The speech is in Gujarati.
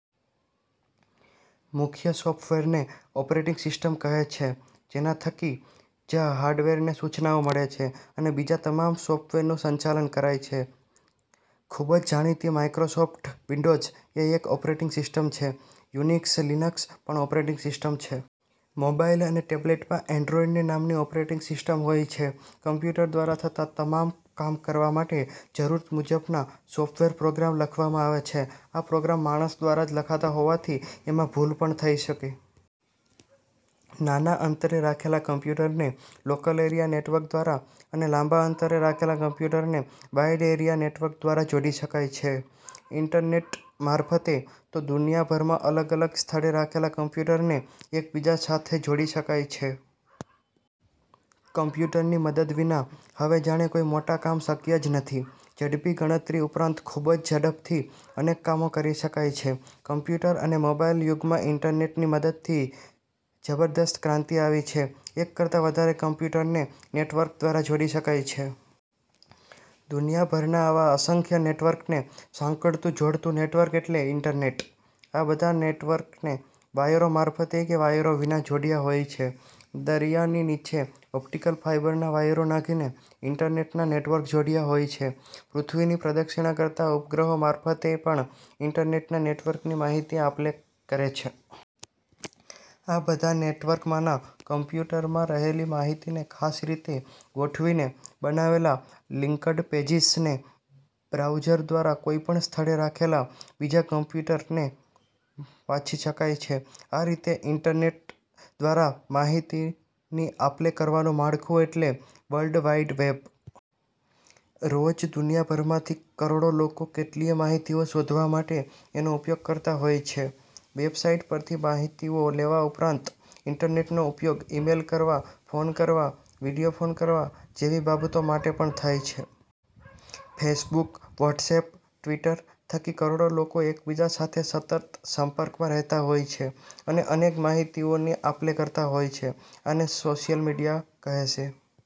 મુખ્ય સોફ્ટવેરને ઓપરેટીંગ સિસ્ટમ કહે છે જેના થકી જ હાર્ડવેરને સૂચનાઓ મળે છે અને બીજા તમામ સોફ્ટવેરનું સંચાલન કરાય છે. ખુબ જ જાણીતી માઈક્રોસોફ્ટ વિન્ડોઝ એ એક ઓપરેટીંગ સિસ્ટમ છે. યુનિક્સ, લીનક્ષ પણ ઓપરેટીંગ સિસ્ટમ છે. મોબાઈલ અને ટેબ્લેટમાં એન્ડ્રોઈડ નામની ઓપરેટીંગ સિસ્ટમ હોય છે. કોમ્પ્યુટર દ્વારા થતા તમામ કામ કરવા માટે જરૂર મુજબના સોફ્ટવેર પ્રોગ્રામ લખવામાં આવે છે. આ પ્રોગ્રામ માણસ દ્વારા જ લખાતા હોવાથી એમાં ભૂલ પણ થઇ શકે. નાના અંતરે રાખેલા કોમ્પ્યુટરને લોકલ એરિયા નેટવર્ક દ્વારા અને લાંબા અંતરે રાખેલા કોમ્પ્યુટરને વાઇડ એરિયા નેટવર્ક દ્વારા જોડી શકાય છે. ઈન્ટરનેટ મારફતે તો દુનિયાભરમાં અલગ અલગ સ્થળે રાખેલા કોમ્પ્યુટરને એકબીજા સાથે જોડી શકાય છે. કોમ્પ્યુટરની મદદ વિના હવે જાણે કોઈ મોટા કામ શક્ય જ નથી! ઝડપી ગણતરી ઉપરાંત ખુબ જ ઝડપથી અનેક કામો કરી શકાય છે. કોમ્પ્યુટર અને મોબાઈલ યુગમાં ઈન્ટરનેટની મદદથી જબરદસ્ત ક્રાંતિ આવી છે. એક કરતાં વધારે કોમ્પ્યુટરને નેટવર્ક દ્વારા જોડી શકાય છે. દુનિયાભરના આવા અસંખ્ય નેટવર્કને સાંકળતું-જોડતું નેટવર્ક એટલે ઈન્ટરનેટ. આ બધા નેટવર્કને વાયરો મારફતે કે વાયરો વિના જોડ્યા હોય છે. દરિયાની નીચે ઓપ્ટીકલ ફાઈબરના વાયરો નાંખીને ઈન્ટરનેટના નેટવર્ક જોડ્યા હોય છે. પૃથ્વીની પ્રદક્ષિણા કરતા ઉપગ્રહો મારફતે પણ ઈન્ટરનેટના નેટવર્ક માહિતીની આપલે કરે છે. આ બધા નેટવર્કમાંના કોમ્પ્યુટરમાં રહેલી માહિતીને ખાસ રીતે ગોઠવીને બનાવેલા "લીંકડ પેજીસ" ને બ્રાઉઝર દ્વારા કોઈ પણ સ્થળે રાખેલા બીજા કોમ્પ્યુટરને વાંચી શકાય છે. આ રીતે ઈન્ટરનેટ દ્વારા માહિતીની આપલે કરવાનું માળખું એટલે "વર્લ્ડ વાઇડ વેબ". રોજ દુનિયાભરમાંથી કરોડો લોકો કેટલીય માહિતીઓ શોધવા માટે એનો ઉપયોગ કરતા હોય છે. વેબ સાઈટ પરથી માહિતીઓ લેવા ઉપરાંત ઈન્ટરનેટનો ઉપયોગ ઇમેઈલ કરવા, ફોન કરવા, વિડીયો ફોન કરવા જેવી બાબતો માટે પણ થાય છે. ફેસબુક, વ્હોટસએપ, ટવીટર થકી કરોડો લોકો એકબીજા સાથે સતત સંપર્કમાં રહેતા હોય છે અને અનેક માહિતીઓની આપલે કરતા હોય છે. આને સોશિઅલ મીડિયા કહે છે.